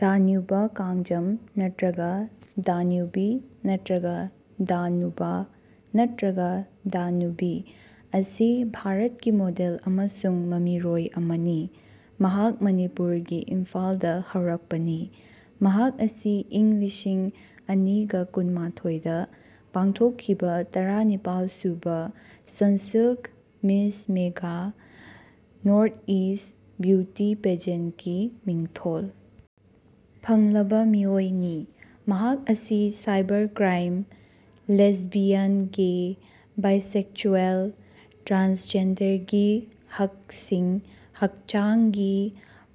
Danube Kangjam (ꯅꯠꯇ꯭ꯔꯒ ꯗꯥꯅ꯭ꯌꯨꯕꯤ ꯅꯠꯇ꯭ꯔꯒ ꯗꯥꯅꯨꯕ ꯅꯠꯇ꯭ꯔꯒ ꯗꯥꯅꯨꯕꯤ) ꯑꯁꯤ ꯚꯥꯔꯠꯀꯤ ꯃꯣꯗꯦꯜ ꯑꯃꯁꯨꯡ ꯃꯃꯤꯔꯣꯏ ꯑꯃꯅꯤ꯫ ꯃꯍꯥꯛ ꯃꯅꯤꯄꯨꯔꯒꯤ ꯏꯝꯐꯥꯜꯗ ꯍꯧꯔꯛꯄꯅꯤ꯫ ꯃꯍꯥꯛ ꯑꯁꯤ ꯏꯪ ꯂꯤꯁꯤꯡ ꯑꯅꯤꯒ ꯀꯨꯟꯃꯥꯊꯣꯏꯗ ꯄꯥꯡꯊꯣꯛꯈꯤꯕ ꯇꯔꯥꯅꯤꯄꯥꯜꯁꯨꯕ Sunsilk Miss Mega Northeast beauty ꯄꯦꯖꯦꯟꯀꯤ ꯃꯤꯡꯊꯣꯜ ꯐꯪꯂꯕ ꯃꯤꯑꯣꯏꯅꯤ꯫ ꯃꯍꯥꯛ ꯑꯁꯤ cyber crime, lesbian gay bisexual ꯇ꯭ꯔꯥꯟꯁꯖꯦꯟꯗꯔꯒꯤ ꯍꯛꯁꯤꯡ, ꯍꯛꯆꯥꯡꯒꯤ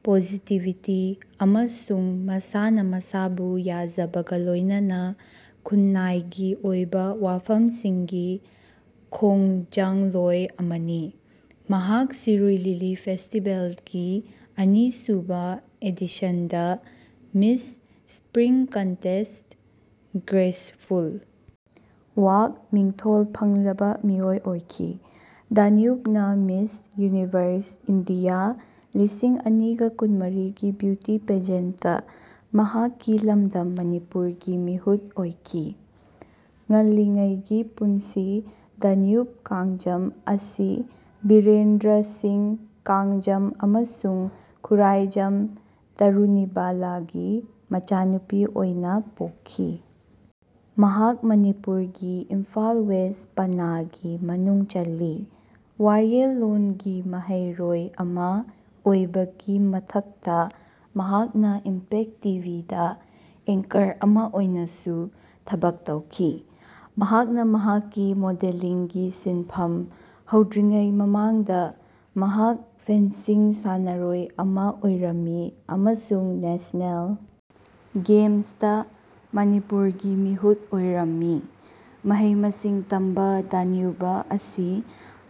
ꯄꯣꯖꯤꯇꯤꯚꯤꯇꯤ ꯑꯃꯁꯨꯡ ꯃꯁꯥꯅ ꯃꯁꯥꯕꯨ ꯌꯥꯖꯕꯒ ꯂꯣꯏꯅꯅ ꯈꯨꯟꯅꯥꯏꯒꯤ ꯑꯣꯏꯕ ꯋꯥꯐꯝꯁꯤꯡꯒꯤ ꯈꯣꯡꯖꯪꯂꯣꯏ ꯑꯃꯅꯤ꯫ ꯃꯍꯥꯛ ꯁꯤꯔꯨꯏ ꯂꯤꯂꯤ ꯐꯦꯁꯇꯤꯕꯦꯜꯒꯤ ꯑꯅꯤꯁꯨꯕ ꯑꯦꯗꯤꯁꯟꯗ Miss spring contest "graceful walk" ꯃꯤꯡꯊꯣꯜ ꯐꯪꯂꯕ ꯃꯤꯑꯣꯏ ꯑꯣꯏꯈꯤ꯫ ꯗꯥꯅ꯭ꯌꯨꯕꯅ ꯃꯤꯁ ꯌꯨꯅꯤꯚꯔꯁ ꯏꯟꯗꯤꯌꯥ ꯂꯤꯁꯤꯡ ꯑꯅꯤꯒ ꯀꯨꯟꯃꯔꯤꯒꯤ ꯕ꯭ꯌꯨꯇꯤ ꯄꯦꯖꯦꯟꯠꯇ ꯃꯍꯥꯛꯀꯤ ꯂꯝꯗꯝ ꯃꯅꯤꯄꯨꯔꯒꯤ ꯃꯤꯍꯨꯠ ꯑꯣꯏꯈꯤ꯫ ꯉꯜꯂꯤꯉꯩꯒꯤ ꯄꯨꯟꯁꯤ ꯗꯥꯅ꯭ꯌꯨꯕ ꯀꯥꯡꯖꯝ ꯑꯁꯤ ꯕꯤꯔꯦꯟꯗ꯭ꯔꯥ ꯁꯤꯡ ꯀꯥꯡꯖꯝ ꯑꯃꯁꯨꯡ ꯈꯨꯔꯥꯏꯖꯝ ꯇꯔꯨꯅꯤꯕꯥꯂꯥꯒꯤ ꯃꯆꯥꯅꯨꯄꯤ ꯑꯣꯏꯅ ꯄꯣꯛꯈꯤ꯫ ꯃꯍꯥꯛ ꯃꯅꯤꯄꯨꯔꯒꯤ ꯏꯝꯐꯥꯜ ꯋꯦꯁ ꯄꯅꯥꯒꯤ ꯃꯅꯨꯡ ꯆꯜꯂꯤ꯫ ꯋꯥꯌꯦꯜꯂꯣꯟꯒꯤ ꯃꯍꯩꯔꯣꯏ ꯑꯃ ꯑꯣꯏꯕꯒꯤ ꯃꯊꯛꯇ, ꯃꯍꯥꯛꯅ ꯏꯝꯄꯦꯛ ꯇꯤꯚꯤꯗ ꯑꯦꯡꯀꯔ ꯑꯃ ꯑꯣꯏꯅꯁꯨ ꯊꯕꯛ ꯇꯧꯈꯤ꯫ ꯃꯍꯥꯛꯅ ꯃꯍꯥꯛꯀꯤ ꯃꯣꯗꯦꯂꯤꯡꯒꯤ ꯁꯤꯟꯐꯝ ꯍꯧꯗ꯭ꯔꯤꯉꯩ ꯃꯃꯥꯡꯗ ꯃꯍꯥꯛ ꯐꯦꯟꯁꯤꯡ ꯁꯥꯟꯅꯔꯣꯏ ꯑꯃ ꯑꯣꯏꯔꯝꯃꯤ ꯑꯃꯁꯨꯡ ꯅꯦꯁꯅꯦꯜ ꯒꯦꯝꯁꯇ ꯃꯅꯤꯄꯨꯔꯒꯤ ꯃꯤꯍꯨꯠ ꯑꯣꯏꯔꯝꯃꯤ꯫ ꯃꯍꯩ-ꯃꯁꯤꯡ ꯇꯝꯕ ꯗꯥꯅ꯭ꯌꯨꯕ ꯑꯁꯤ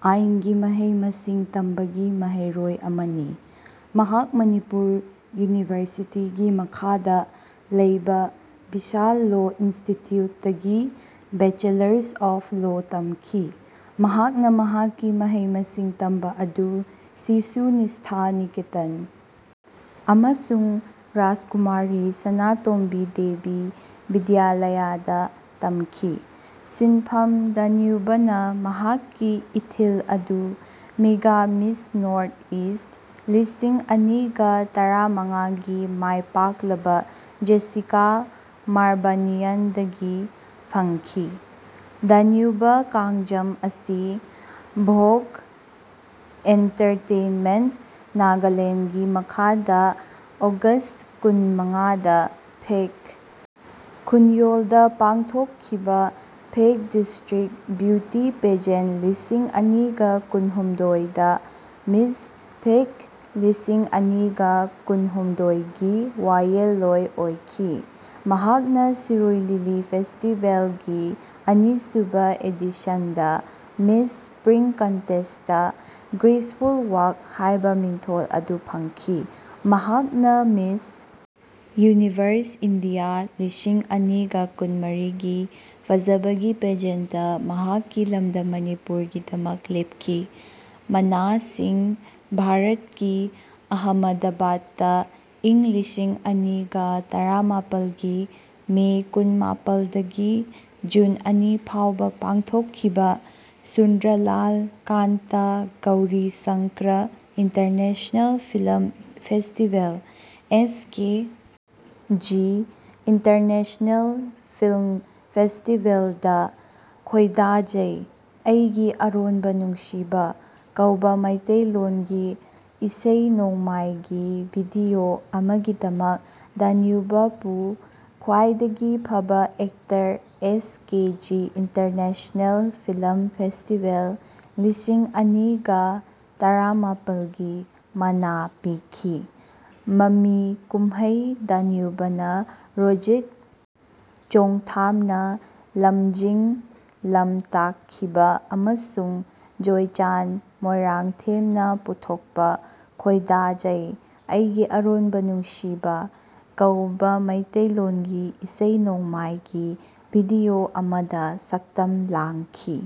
ꯑꯥꯏꯟꯒꯤ ꯃꯍꯩ-ꯃꯁꯤꯡ ꯇꯝꯕꯒꯤ ꯃꯍꯩꯔꯣꯏ ꯑꯃꯅꯤ꯫ ꯃꯍꯥꯛ ꯃꯅꯤꯄꯨꯔ ꯌꯨꯅꯤꯚꯔꯁꯤꯇꯤꯒꯤ ꯃꯈꯥꯗ ꯂꯩꯕ ꯕꯤꯁꯥꯜ ꯂꯣ ꯏꯟꯁꯇꯤꯇ꯭ꯌꯨꯠꯇꯒꯤ ꯕꯦꯆꯦꯂꯔꯁ ꯑꯣꯐ ꯂꯣ ꯇꯝꯈꯤ꯫ ꯃꯍꯥꯛꯅ ꯃꯍꯥꯛꯀꯤ ꯃꯍꯩ-ꯃꯁꯤꯡ ꯇꯝꯕ ꯑꯗꯨ ꯁꯤꯁꯨ ꯅꯤꯁ꯭ꯊꯥ ꯅꯤꯀꯦꯇꯟ ꯑꯃꯁꯨꯡ ꯔꯥꯖꯀꯨꯃꯥꯔꯤ ꯁꯅꯥꯇꯣꯝꯕꯤ ꯗꯦꯕꯤ ꯕꯤꯗ꯭ꯌꯥꯂꯌꯥꯗ ꯇꯝꯈꯤ꯫ ꯁꯤꯟꯐꯝ: ꯗꯥꯅ꯭ꯌꯨꯕꯅ ꯃꯍꯥꯛꯀꯤ ꯏꯊꯤꯜ ꯑꯗꯨ ꯃꯦꯒꯥ ꯃꯤꯁ ꯅꯣꯔꯠ ꯏ꯭ꯁꯠ ꯂꯤꯁꯤꯡ ꯑꯅꯤꯒ ꯇꯔꯥꯃꯉꯥꯒꯤ ꯃꯥꯏꯄꯥꯛꯂꯕ ꯖꯦꯁꯤꯀꯥ ꯃꯥꯔꯕꯥꯅꯤꯌꯟꯗꯒꯤ ꯐꯪꯈꯤ꯫ ꯗꯥꯅ꯭ꯌꯨꯕ ꯀꯥꯡꯖꯝ ꯑꯁꯤ ꯚꯣꯒ ꯑꯦꯟꯇꯔꯇꯦꯟꯃꯦꯟꯇ ꯅꯥꯒꯥꯂꯦꯟ ꯒꯤ ꯃꯈꯥꯗ ꯑꯣꯒꯁꯠ ꯀꯨꯟꯃꯉꯥꯗ ꯐꯦꯛ ꯈꯨꯟꯌꯣꯜꯗ ꯄꯥꯡꯊꯣꯛꯈꯤꯕ ꯐꯦꯛ ꯗꯤꯁꯇ꯭ꯔꯤꯛ ꯕ꯭ꯌꯨꯇꯤ ꯄꯦꯖꯦꯟ ꯂꯤꯁꯤꯡ ꯑꯅꯤꯒ ꯀꯨꯟꯍꯨꯝꯗꯣꯏꯗ ꯃꯤꯁ ꯐꯦꯛ ꯂꯤꯁꯤꯡ ꯑꯅꯤꯒ ꯀꯨꯟꯍꯨꯝꯗꯣꯏꯒꯤ ꯋꯥꯌꯦꯜꯂꯣꯏ ꯑꯣꯏꯈꯤ꯫ ꯃꯍꯥꯛꯅ ꯁꯤꯔꯨꯏ ꯂꯤꯂꯤ ꯐꯦꯁꯇꯤꯕꯦꯜꯒꯤ ꯑꯅꯤꯁꯨꯕ ꯑꯦꯗꯤꯁꯟꯗ Miss spring contest "graceful walk" ꯍꯥꯏꯕ ꯃꯤꯡꯊꯣꯜ ꯑꯗꯨ ꯐꯪꯈꯤ꯫ ꯃꯍꯥꯛꯅ ꯃꯤꯁ ꯌꯨꯅꯤꯚꯔꯁ ꯏꯟꯗꯤꯌꯥ ꯂꯤꯁꯤꯡ ꯑꯅꯤꯒ ꯀꯨꯟꯃꯔꯤꯒꯤ ꯐꯖꯕꯒꯤ ꯄꯦꯖꯦꯟꯇ ꯃꯍꯥꯛꯀꯤ ꯂꯝꯗꯝ ꯃꯅꯤꯄꯨꯔꯒꯤꯗꯃꯛ ꯂꯦꯞꯈꯤ꯫ ꯃꯅꯥꯁꯤꯡ ꯚꯥꯔꯠꯀꯤ ꯑꯍꯃꯗꯕꯥꯗꯇ ꯏꯪ ꯂꯤꯁꯤꯡ ꯑꯅꯤꯒ ꯇꯔꯥꯃꯥꯄꯜꯒꯤ ꯃꯦ ꯀꯨꯟꯃꯥꯄꯜꯗꯒꯤ ꯖꯨꯟ ꯑꯅꯤ ꯐꯥꯎꯕ ꯄꯥꯡꯊꯣꯛꯈꯤꯕ Sundarlal Kanta Gauri Shankar international film festival (S K G international film ꯐꯦꯁꯇꯤꯕꯦꯜ)ꯗ "ꯈꯣꯏꯗꯥꯖꯩ (ꯑꯩꯒꯤ ꯑꯔꯣꯟꯕ ꯅꯨꯡꯁꯤꯕ)" ꯀꯧꯕ ꯃꯩꯇꯩ ꯂꯣꯟꯒꯤ ꯏꯁꯩ-ꯅꯣꯡꯃꯥꯏꯒꯤ ꯚꯤꯗꯤꯑꯣ ꯑꯃꯒꯤꯗꯃꯛ ꯗꯥꯅ꯭ꯌꯨꯕꯄꯨ ꯈ꯭ꯋꯥꯏꯗꯒꯤ ꯐꯕ actor S K G international film festival -ꯂꯤꯁꯤꯡ ꯑꯅꯤꯒꯥ ꯇꯔꯥꯃꯥꯄꯜꯒꯤ ꯃꯅꯥ ꯄꯤꯈꯤ꯫ ꯃꯃꯤ ꯀꯨꯝꯍꯩ ꯗꯥꯅ꯭ꯌꯨꯕꯅ ꯔꯣꯖꯤꯠ ꯆꯣꯡꯊꯥꯝꯅ ꯂꯝꯖꯤꯡ-ꯂꯝꯇꯥꯛꯈꯤꯕ ꯑꯃꯁꯨꯡ ꯖꯣꯏꯆꯥꯟ ꯃꯣꯏꯔꯥꯡꯊꯦꯝꯅ ꯄꯨꯊꯣꯛꯄ "ꯈꯣꯏꯗꯥꯖꯩ (ꯑꯩꯒꯤ ꯑꯔꯣꯟꯕ ꯅꯨꯡꯁꯤꯕ)" ꯀꯧꯕ ꯃꯩꯇꯩ ꯂꯣꯟꯒꯤ ꯏꯁꯩ-ꯅꯣꯡꯃꯥꯏꯒꯤ ꯚꯤꯗꯤꯑꯣ ꯑꯃꯗ ꯁꯛꯇꯝ ꯂꯥꯡꯈꯤ꯫